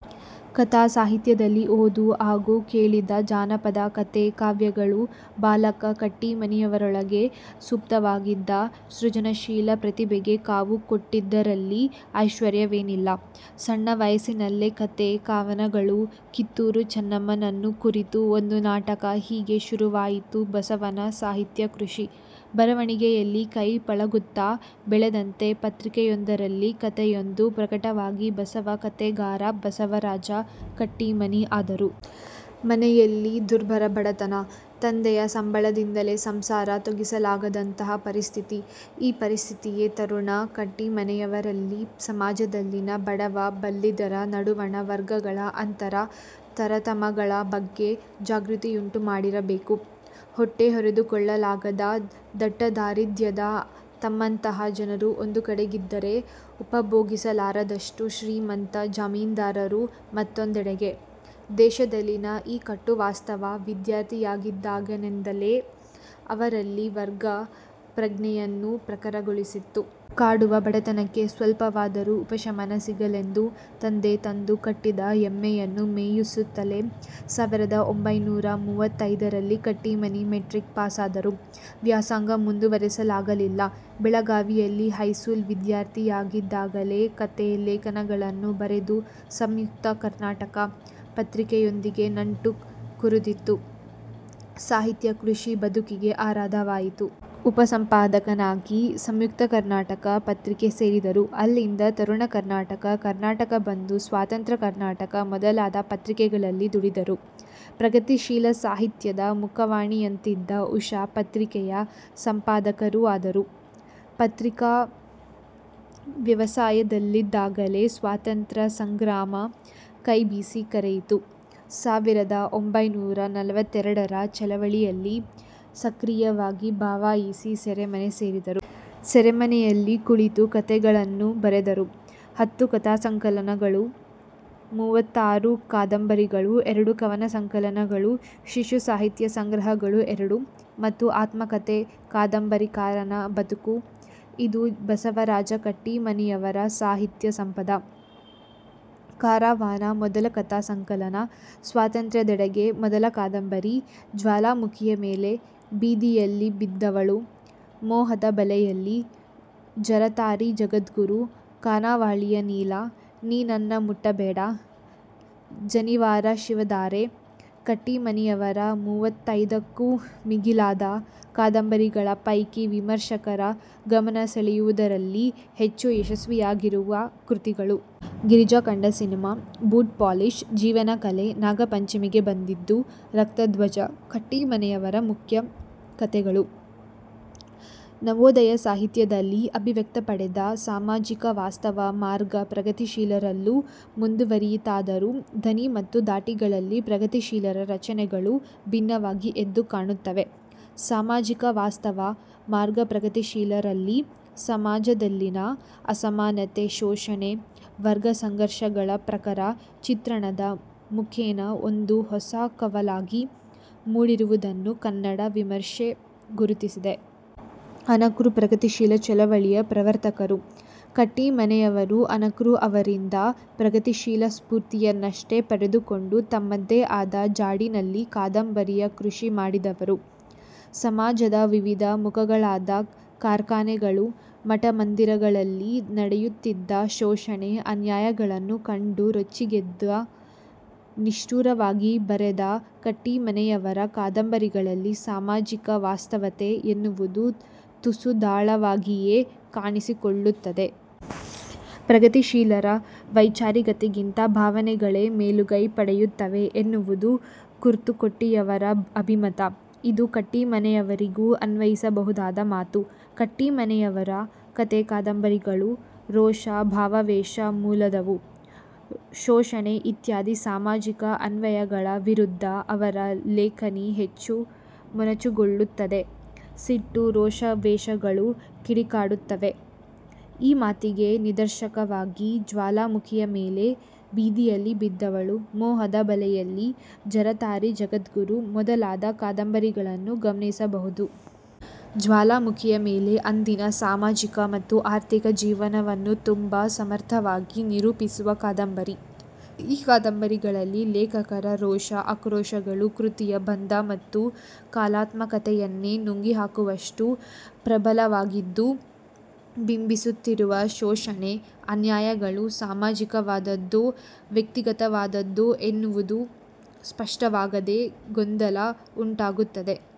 ಕಥಾ ಸಾಹಿತ್ಯದ ಓದು ಹಾಗೂ ಕೇಳಿದ ಜಾನಪದ ಕಥೆ-ಕಾವ್ಯಗಳು ಬಾಲಕ ಕಟ್ಟೀಮನಿಯವರೊಳಗೆ ಸುಪ್ತವಾಗಿದ್ದ ಸೃಜನಶೀಲ ಪ್ರತಿಭೆಗೆ ಕಾವು ಕೊಟ್ಟಿದ್ದರಲ್ಲಿ ಆಶ್ವರ್ಯವೇನಿಲ್ಲ. ಸಣ್ಣ ವಯಸ್ಸಿನಲ್ಲೇ ಕಥೆ, ಕವನಗಳು, ಕಿತ್ತೂರು ಚೆನ್ನಮ್ಮನನ್ನು ಕುರಿತು ಒಂದು ನಾಟಕ-ಹೀಗೆ ಶುರುವಾಯಿತು ಬಸವನ ಸಾಹಿತ್ಯ ಕೃಷಿ. ಬರವಣಿಗೆಯಲ್ಲಿ ಕೈ ಪಳಗುತ್ತಾ ಬೆಳೆದಂತೆ ಪತ್ರಿಕೆಯೊಂದರಲ್ಲಿ ಕಥೆಯೊಂದು ಪ್ರಕಟವಾಗಿ ಬಸವ ಕಥೆಗಾರ ಬಸವರಾಜ ಕಟ್ಟೀಮನಿ ಆದರು. ಮನೆಯಲ್ಲಿ ದುರ್ಭರ ಬಡತನ. ತಂದೆಯ ಸಂಬಳದಿಂದಲೇ ಸಂಸಾರ ತೂಗಿಸಲಾಗದಂತಹ ಪರಿಸ್ಥಿತಿ. ಈ ಪರಿಸ್ಥಿತಿಯೇ ತರುಣ ಕಟ್ಟೀಮನಿಯವರಲ್ಲಿ ಸಮಾಜದಲ್ಲಿನ ಬಡವ-ಬಲ್ಲಿದರ ನಡುವಣ ವರ್ಗಗಳ ಅಂತರ, ತರತಮಗಳ ಬಗ್ಗೆ ಜಾಗೃತಿಯುಂಟುಮಾಡಿರಬೇಕು. ಹೊಟ್ಟೆಹೊರೆದುಕೊಳ್ಳಲಾಗದ ದಟ್ಟದಾರಿದ್ರ್ಯದ ತಮ್ಮಂತಹ ಜನರು ಒಂದುಕಡೆಗಿದ್ದರೆ, ಉಪಭೋಗಿಸಲಾರದಷ್ಟು ಶ್ರೀಮಂತ ಜಮೀನ್ದಾರರು ಮತ್ತೊಂದೆಡೆಗೆ- ದೇಶದಲ್ಲಿನ ಈ ಕಟುವಾಸ್ತವ ವಿದ್ಯಾರ್ಥಿಯಾಗಿದ್ದಾಗಲೇ ಅವರಲ್ಲಿ ವರ್ಗ ಪ್ರಜ್ಞೆಯನ್ನೂ ಪ್ರಖರಗೊಳಿಸಿತ್ತು. ಕಾಡುವ ಬಡತನಕ್ಕೆ ಸ್ವಲ್ಪವಾದರೂ ಉಪಶಮನ ಸಿಗಲೆಂದು ತಂದೆ ತಂದು ಕಟ್ಟಿದ ಎಮ್ಮೆಯನ್ನು ಮೇಯಿಸುತ್ತಲೇ ಸಾವಿರದ ಒಂಭೈನೂರ ಮೂವತ್ತೈದರಲ್ಲಿ ಕಟ್ಟೀಮನಿ ಮೆಟ್ರಿಕ್ ಪಾಸಾದರು. ವ್ಯಾಸಂಗ ಮುಂದುವರಿಸಲಾಗಲಿಲ್ಲ. ಬೆಳಗಾವಿಯಲ್ಲಿ ಹೈಸೂಲ್ ವಿದ್ಯಾರ್ಥಿಯಾಗಿದ್ದಾಗಲೇ ಕಥೆ ೇಖನಗಳನ್ನು ಬರೆದು 'ಸಂಯುಕ್ತ ಕರ್ನಾಟಕ' ಪತ್ರಿಕೆಯೊಂದಿಗೆ ನಂಟು ಕುದುರಿತ್ತು. ಸಾಹಿತ್ಯ ಕೃಷಿ ಬದುಕಿಗೆ ಆಧಾರವಾಯಿತು. ಉಪಸಂಪಾದಕನಾಗಿ 'ಸಂಯುಕ್ತ ಕರ್ನಾಟಕ' ಪತ್ರಿಕೆ ಸೇರಿದರು. ಅಲ್ಲಿಂದ 'ತರುಣ ಕರ್ನಾಟಕ', 'ಕರ್ನಾಟಕ ಬಂಧು' 'ಸ್ವತಂತ್ರ ಕರ್ನಾಟಕ' ಮೊದಲಾದ ಪತ್ರಿಕೆಗಳಲ್ಲಿ ದುಡಿದರು. ಪ್ರಗತಿಶೀಲ ಸಾಹಿತ್ಯದ ಮುಖವಾಣಿಯಂತಿದ್ದ 'ಉಷಾ' ಪತ್ರಿಕೆಯ ಸಂಪಾದಕರೂ ಆದರು. ಪತ್ರಿಕಾ ವ್ಯವಸಾಯದಲ್ಲಿದ್ದಾಗಲೇ ಸ್ವಾತಂತ್ರ್ಯ ಸಂಗ್ರಾಮ ಕೈಬೀಸಿ ಕರೆಯಿತು. ಸಾವಿರದ ಒಂಭೈನೂರ ನಲವತ್ತೆರಡರ ಚಳವಳಿಯಲ್ಲಿ ಸಕ್ರಿಯವಾಗಿ ಭಾವಹಿಸಿ ಸೆರೆಮನೆ ಸೇರಿದರು. ಸೆರೆಮನೆಯಲ್ಲಿ ಕುಳಿತು ಕಥೆಗಳನ್ನು ಬರೆದರು. ಹತ್ತು ಕಥಾ ಸಂಕಲನಗಳು, ಮೂವತ್ತಾರು ಕಾದಂಬರಿಗಳು, ಎರಡು ಕವನ ಸಂಕಲನಗಳು, ಶಿಶು ಸಾಹಿತ್ಯ ಸಂಗ್ರಹಗಳು ಎರಡು ಮತ್ತು ಆತ್ಮಕಥೆ 'ಕಾದಂಬರಿಕಾರನ ಬದುಕು'- ಇದು ಬಸವರಾಜ ಕಟ್ಟೀಮನಿಯವರ ಸಾಹಿತ್ಯ ಸಂಪದ. 'ಕಾರವಾನ' ಮೊದಲ ಕಥಾ ಸಂಕಲನ. 'ಸ್ವಾತಂತ್ರ್ಯದೆಡೆಗೆ' ಮೊದಲ ಕಾದಂಬರಿ. 'ಜ್ವಾಲಾಮುಖಿಯ ಮೇಲೆ', 'ಬೀದಿಯಲ್ಲಿ ಬಿದ್ದವಳು', 'ಮೋಹದ ಬಲೆಯಲ್ಲಿ', 'ಜರತಾರಿ ಜಗದ್ಗುರು', 'ಖಾನಾವಳಿಯ ನೀಲ', 'ನೀ ನನ್ನ ಮುಟ್ಟ ಬೇಡ', 'ಜನಿವಾರ ಶಿವದಾರ' ಕಟ್ಟೀಮನಿಯವರ ಮುವ್ವತ್ತೈದಕ್ಕೂ ಮಿಗಿಲಾದ ಕಾದಂಬರಿಗಳ ಪೈಕಿ ವಿಮರ್ಶಕರ ಗಮನಸೆಳೆಯುವುದರಲ್ಲಿ ಹೆಚ್ಚು ಯಶಸ್ವಿಯಾಗಿರುವ ಕೃತಿಗಳು. 'ಗಿರಿಜಾ ಕಂಡ ಸಿನೆಮಾ', 'ಬೂಟ್ ಪಾಲಿಷ್', 'ಜೀವನ ಕಲೆ', 'ನಾಗಪಂಚಮಿಗೆ ಬಂದದ್ದು', 'ರಕ್ತಧ್ವಜ' ಕಟ್ಟೀಮನಿಯವರ ಮುಖ್ಯ ಕತೆಗಳು. ನವೋದಯ ಸಾಹಿತ್ಯದಲ್ಲಿ ಅಭಿವ್ಯಕ್ತಿಪಡೆದ ಸಾಮಾಜಿಕ ವಾಸ್ತವ ಮಾರ್ಗ ಪ್ರಗತಿಶೀಲರಲ್ಲೂ ಮುಂದುವರಿಯಿತಾದರೂ ದನಿ ಮತ್ತು ಧಾಟಿಗಳಲ್ಲಿ ಪ್ರಗತಿಶೀಲರ ರಚನೆಗಳು ಭಿನ್ನವಾಗಿ ಎದ್ದು ಕಾಣುತ್ತವೆ. ಸಾಮಾಜಿಕ ವಾಸ್ತವ ಮಾರ್ಗಪ್ರಗತಿಶೀಲರಲ್ಲಿ ಸಮಾಜದಲ್ಲಿನ ಅಸಮಾನತೆ, ಶೋಷಣೆ, ವರ್ಗಸಂಘರ್ಷಗಳ ಪ್ರಖರ ಚಿತ್ರಣದ ಮುಖೇನ ಒಂದು ಹೊಸ ಕವಲಾಗಿ ಮೂಡಿರುವುದನ್ನು ಕನ್ನಡ ವಿಮರ್ಶೆ ಗುರುತಿಸಿದೆ. ಅನಕೃ ಪ್ರಗತಿಶೀಲ ಚಳವಳಿಯ ಪ್ರವರ್ತಕರು. ಕಟ್ಟೀಮನಿಯವರು ಅನಕೃ ಅವರಿಂದ ಪ್ರಗತಿಶೀಲ ಸ್ಫೂರ್ತಿಯನ್ನಷ್ಟೇ ಪಡೆದುಕೊಂಡು ತಮ್ಮದೇ ಆದ ಜಾಡಿನಲ್ಲಿ ಕಾದಂಬರಿಯ ಕೃಷಿ ಮಾಡಿದವರು. ಸಮಾಜದ ವಿವಿಧ ಮುಖಗಳಾದ ಕಾರ್ಖಾನೆಗಳು, ಮಠಮಂದಿರಗಳಲ್ಲಿ ನಡೆಯುತ್ತಿದ್ದ ಶೋಷಣೆ, ಅನ್ಯಾಯಗಳನ್ನು ಕಂಡು ರೊಚ್ಚಿಗೆದ್ದು ನಿಷ್ಠುರವಾಗಿ ಬರೆದ ಕಟ್ಟೀಮನಿಯವರ ಕಾದಂಬರಿಗಳಲ್ಲಿ ಸಾಮಾಜಿಕ ವಾಸ್ತವತೆ ಎನ್ನುವುದು ತುಸು ಢಾಳವಾಗಿಯೇ ಕಾಣಿಸಿಕೊಳ್ಳುತ್ತದೆ. ಪ್ರಗತಿಶೀಲರಲ್ಲಿ ವೈಚಾರಿಕತೆಗಿಂತ ಭಾವನೆಗಳೇ ಮೇಲುಗೈ ಪಡೆಯುತ್ತವೆ ಎನ್ನುವುದು ಕುರ್ತಕೋಟಿಯವರ ಅಭಿಮತ. ಇದು ಕಟ್ಟೀಮನಿಯವರಿಗೂ ಅನ್ವಯಿಸಬಹುದಾದ ಮಾತು. ಕಟ್ಟೀಮನಿಯವರ ಕಥೆ-ಕಾದಂಬರಿಗಳು ರೋಷ, ಭಾವಾವೇಶ ಮೂಲದವು. ಶೋಷಣೆ ಇತ್ಯಾದಿ ಸಾಮಾಜಿಕ ಅನ್ಯಾಯಗಳ ವಿರುದ್ಧ ಅವರ ಲೇಖನಿ ಹೆಚ್ಚು ಮೊನಚುಗೊಳ್ಳುತ್ತದೆ. ಸಿಟ್ಟು, ರೋಷಾವೇಶಗಳು ಕಿಡಿಕಾರುತ್ತವೆ. ಈ ಮಾತಿಗೆ ನಿದರ್ಶನವಾಗಿ 'ಜ್ವಾಲಾಮುಖಿಯ ಮೇಲೆ', 'ಬೀದಿಯಲ್ಲಿ ಬಿದ್ದವಳು', 'ಮೋಹದ ಬಲೆಯಲ್ಲಿ, 'ಜರತಾರಿ ಜಗದ್ಗುರು' ಮೊದಲಾದ ಕಾದಂಬರಿಗಳನ್ನು ಗಮನಿಸಬಹುದು. 'ಜ್ವಾಲಾಮುಖಿಯ ಮೇಲೆ' ಅಂದಿನ ಸಾಮಾಜಿಕ ಮತ್ತು ಆರ್ಥಿಕ ಜೀವನವನ್ನು ತುಂಬಾ ಸಮರ್ಥವಾಗಿ ನಿರೂಪಿಸುವ ಕಾದಂಬರಿ. ಈ ಕಾದಂಬರಿಗಳಲ್ಲಿ ಲೇಖಕರ ರೋಷ, ಆಕ್ರೋಷಗಳು ಕೃತಿಯ ಬಂಧ ಮತ್ತು ಕಲಾತ್ಮಕತೆಯನ್ನೇ ನುಂಗಿಹಾಕುವಷ್ಟು ಪ್ರಬಲವಾಗಿದ್ದು ಬಿಂಬಿಸುತ್ತಿರುವ ಶೋಷಣೆ, ಅನ್ಯಾಯಗಳು ಸಾಮಾಜಿಕವಾದದ್ದೋ, ವ್ಯಕ್ತಿಗತವಾದದ್ದೋ ಎನ್ನುವುದು ಸ್ಪಷ್ಟವಾಗದೆ ಗೊಂದಲ ಉಂಟಾಗುತ್ತದೆ.